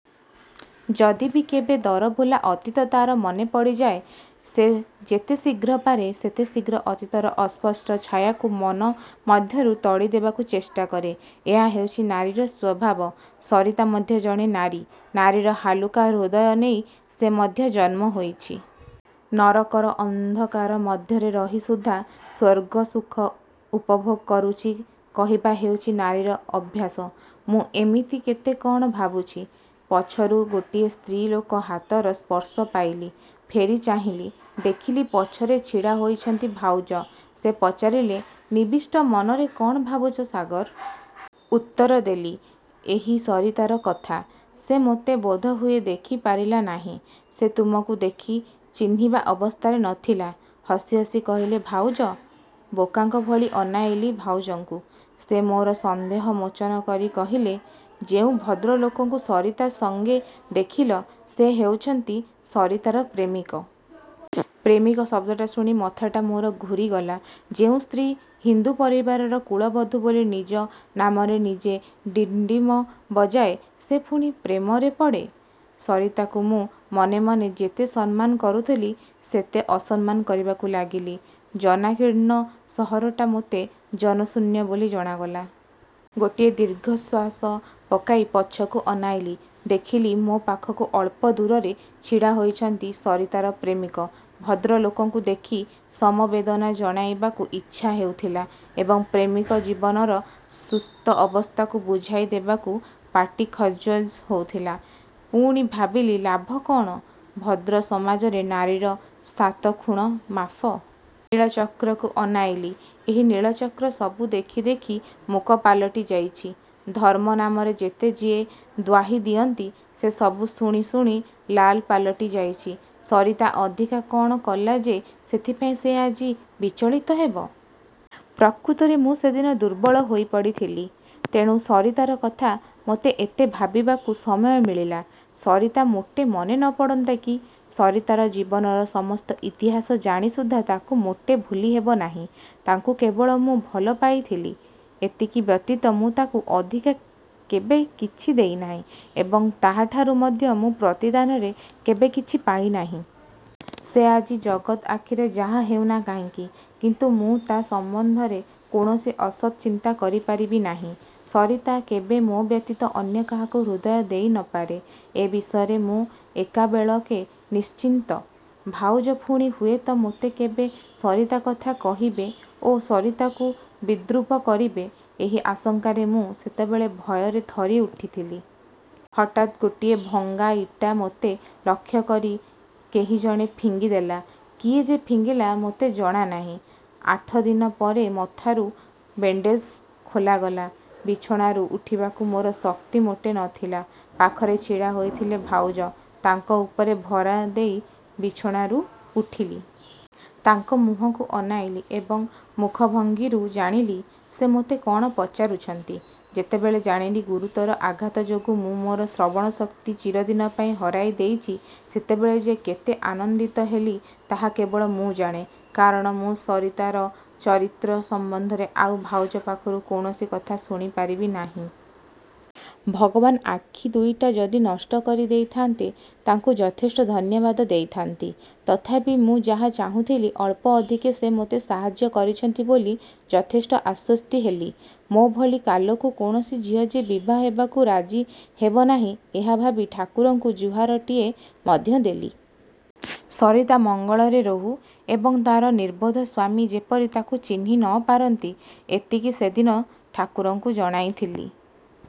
ଯଦି ବି କେବେ ଦରଭୁଲା ଅତୀତ ତା'ର ମନେପଡ଼ିଯାଏ ସେ ଯେତେ ଶୀଘ୍ର ପାରେ ସେତେ ଶୀଘ୍ର ଅତୀତର ଅସ୍ପଷ୍ଟ ଛାୟାକୁ ମନ ମଧ୍ୟରୁ ତଡ଼ି ଦେବାକୁ ଚେଷ୍ଟା କରେ। ଏହା ହେଉଛି ନାରୀର ସ୍ୱଭାବ। ସରିତା ମଧ୍ୟ ଜଣେ ନାରୀ। ନାରୀର ହାଲୁକା ହୃଦୟ ନେଇ ସେ ମଧ୍ୟ ଜନ୍ମ ହୋଇଛି। ନରକର ଅନ୍ଧକାର ମଧ୍ୟରେ ରହି ସୁଦ୍ଧା ସ୍ୱର୍ଗସୁଖ ଉପଭୋଗ କରୁଛି କହିବା ହେଉଛି ନାରୀର ଅଭ୍ୟାସ। ମୁଁ ଏମିତି କେତେ କ'ଣ ଭାବୁଛି। ପଛରୁ ଗୋଟିଏ ସ୍ତ୍ରୀ ଲୋକ ହାତର ସ୍ପର୍ଶ ପାଇଲି। ଫେରି ଚାହିଁଲି। ଦେଖିଲି ପଛରେ ଛିଡ଼ା ହୋଇଛନ୍ତି ଭାଉଜ। ସେ ପଚାରିଲେ, 'ନିବିଷ୍ଟ ମନରେ କ'ଣ ଭାବୁଛ ସାଗର? ' ଉତ୍ତରଦେଲି, ''ଏହି ସରିତାର କଥା। ସେ ମୋତେ ବୋଧହୁଏ ଦେଖି ପାରିଲା ନାହିଁ। '' ''ସେ ତୁମକୁ ଦେଖି ଚିହ୍ନିବା ଅବସ୍ଥାରେ ନ ଥିଲା। '' ହସି ହସି କହିଲେ ଭାଉଜ। ବୋକାଙ୍କଭଳି ଅନାଇଲି ଭାଉଜଙ୍କୁ। ସେ ମୋର ସନ୍ଦେହ ମୋଚନ କରି କହିଲେ, ''ଯେଉଁ ଭଦ୍ରଲୋକଙ୍କୁ ସରିତା ସଙ୍ଗେ ଦେଖିଲ, ସେ ହେଉଛନ୍ତି, ସରିତାର ପ୍ରେମିକ। '' ପ୍ରେମିକ ଶବ୍ଦଟା ଶୁଣି ମଥାଟା ମୋର ଘୂରିଗଲା। ଯେଉଁ ସ୍ତ୍ରୀ ହିନ୍ଦୁ ପରିବାରର କୁଳବଧୂ ବୋଲି ନିଜ ନାମରେ ନିଜେ ଡିଣ୍ଡିମ ବଜାଏ, ସେ ପୁଣି ପ୍ରେମରେ ପଡ଼େ? ସରିତାକୁ ମୁଁ ମନେମନେ ଯେତେ ସମ୍ମାନ କରୁଥିଲି ସେତେ ଅସମ୍ମାନ କରିବାକୁ ଲାଗିଲି। ଜନାକୀର୍ଣ୍ଣ ସହରଟା ମୋତେ ଜନଶୂନ୍ୟ ବୋଲି ଜଣାଗଲା। ଗୋଟିଏ ଦୀର୍ଘଶ୍ୱାସ ପକାଇ ପଛକୁ ଅନାଇଲି। ଦେଖିଲି ମୋ ପାଖରୁ ଅଳ୍ପଦୂରରେ ଛିଡ଼ାହୋଇଛନ୍ତି ସରିତାର ପ୍ରେମିକ-। ଭଦ୍ରଲୋକକୁ ଦେଖି ସମବେଦନା ଜଣାଇବାକୁ ଇଚ୍ଛା ହେଉଥିଲା ଏବଂ ପ୍ରେମିକ ଜୀବନର ସୁସ୍ଥ ଅବସ୍ଥାକୁ ବୁଝାଇ ଦେବାକୁ ପାଟି ଖଜ୍ବଜ୍ ହେଉଥିଲା। ପୁଣି ଭାବିଲି ଲାଭ କ'ଣ? ଭଦ୍ରସମାଜରେ ନାରୀର ସାତଖୁଣ ମାଫ। ନୀଳଚକ୍ରକୁ ଅନାଇଲି। ଏହି ନୀଳଚକ୍ର ସବୁ ଦେଖି ଦେଖି ମୂକ ପାଲଟି ଯାଇଛି। ଧର୍ମ ନାମରେ ଯେତେ ଯିଏ ଦ୍ୱାହି ଦିଅନ୍ତି, ସେ ସବୁ ଶୁଣି ଶୁଣି ଲାଲ ପାଲଟି ଯାଇଛି। ସରିତା ଅଧିକା କ'ଣ କଲା ଯେ ସେଥିପାଇଁ ସେ ଆଜି ବିଚଳିତ ହେବ? ପ୍ରକୃତରେ ମୁଁ ସେଦିନ ଦୁର୍ବଳ ହୋଇପଡ଼ିଥିଲି। ତେଣୁ ସରିତାର କଥା ମୋତେ ଏତେ ଭାବିବାକୁ ସମୟ ମିଳିଲା, ସରିତା ମୋଟେ ମନେ ନ ପଡ଼ନ୍ତା କି? ସରିତାର ଜୀବନର ସମସ୍ତ ଇତିହାସ ଜାଣି ସୁଦ୍ଧା ତାକୁ ମୋଟେ ଭୁଲିହେବ ନାହିଁ। ତାକୁ କେବଳ ମୁଁ ଭଲପାଇଥିଲି, ଏତିକି ବ୍ୟତୀତ ମୁଁ ତାକୁ ଅଧିକା କେବେ କିଛି ଦେଇନାହିଁ ଏବଂ ତାହାଠାରୁ ମଧ୍ୟ ମୁଁ ପ୍ରତିଦାନରେ କେବେ କିଛି ପାଇନାହିଁ। ସେ ଆଜି ଜଗତ ଆଖିରେ ଯାହା ହେଉନା କାହିଁକି, କିନ୍ତୁ ମୁଁ ତା' ସମ୍ବନ୍ଧରେ କୌଣସି ଅସତ୍ ଚିନ୍ତା କରିପାରିବି ନାହିଁ। ସରିତା କେବେ ମୋ ବ୍ୟତୀତ ଅନ୍ୟ କାହାକୁ ହୃଦୟ ଦେଇ ନ ପାରେ। ଏ ବିଷୟରେ ମୁଁ ଏକାବେଳକେ ନିଶ୍ଚିନ୍ତ। ଭାଉଜ ପୁଣି ହୁଏତ ମୋତେ କେବେ ସରିତା କଥା କହିବେ ଓ ସରିତାକୁ ବିଦ୍ରୂପ କରିବେ ଏହି ଆଶଙ୍କାରେ ମୁଁ ସେତେବେଳେ ଭୟରେ ଥରିଉଠିଥିଲି। ହଠାତ୍ ଗୋଟିଏ ଭଙ୍ଗାଇଟା ମୋତେ ଲକ୍ଷ୍ୟକରି କେହିଜଣେ ଫିଙ୍ଗି ଦେଲା। କିଏ ଯେ ଫିଙ୍ଗିଲା ମୋତେ ଜଣାନାହିଁ। ଆଠଦିନ ପରେ ମଥାରୁ ବେଣ୍ଡେଜ୍ ଖୋଲାଗଲା। ବିଛଣାରୁ ଉଠିବାକୁ ମୋର ଶକ୍ତି ମୋଟେ ନ ଥିଲା। ପାଖରେ ଛିଡ଼ା ହୋଇଥିଲେ ଭାଉଜ। ତାଙ୍କ ଉପରେ ଭରା ଦେଇ ବିଛଣାରୁ ଉଠିଲି। ତାଙ୍କ ମୁହଁକୁ ଅନାଇଲି ଏବଂ ମୁଖଭଙ୍ଗୀରୁ ଜାଣିଲି, ସେ ମୋତେ କ'ଣ ପଚାରୁଛନ୍ତି। ଯେତେବେଳେ ଜାଣିଲି ଗୁରୁତର ଆଘାତ ଯୋଗୁଁ ମୁଁ ମୋର ଶ୍ରବଣ ଶକ୍ତି ଚିରଦିନପାଇଁ ହରାଇ ଦେଇଛି, ସେତେବେଳେ ଯେ କେତେ ଆନନ୍ଦିତ ହେଲି ତାହା କେବଳ ମୁଁ ଜାଣେ, କାରଣ ମୁଁ ସରିତାର ଚରିତ୍ର ସମ୍ବନ୍ଧରେ ଆଉ ଭାଉଜ ପାଖରୁ କୌଣସି କଥା ଶୁଣିପାରିବି ନାହିଁ। ଭଗବାନ ଆଖି ଦୁଇଟା ଯଦି ନଷ୍ଟ କରି ଦେଇଥାନ୍ତେ ତାଙ୍କୁ ଯଥେଷ୍ଟ ଧନ୍ୟବାଦ ଦେଇଥାଆନ୍ତି। ତଥାପି ମୁଁ ଯାହା ଚାହୁଁଥିଲି ଅଳ୍ପଅଧିକେ ସେ ମୋତେ ସାହାଯ୍ୟ କରିଛନ୍ତି ବୋଲି ଯଥେଷ୍ଟ ଆଶ୍ୱସ୍ତି ହେଲି। ମୋ ଭଳି କାଲକୁ କୌଣସି ଝିଅ ଯେ ବିଭାହେବାକୁ ରାଜି ହେବନାହିଁ ଏହା ଭାବି ଠାକୁରଙ୍କୁ ଜୁହାରଟିଏ ମଧ୍ୟ ଦେଲି। 'ସରିତା ମଙ୍ଗଳରେ ରହୁ ଏବଂ ତା'ର ନିର୍ବୋଧ ସ୍ୱାମୀ ଯେପରି ତାକୁ ଚିହ୍ନି ନ ପାରନ୍ତି' ଏତିକି ସେଦିନ ଠାକୁରଙ୍କୁ ଜଣାଇଥିଲି।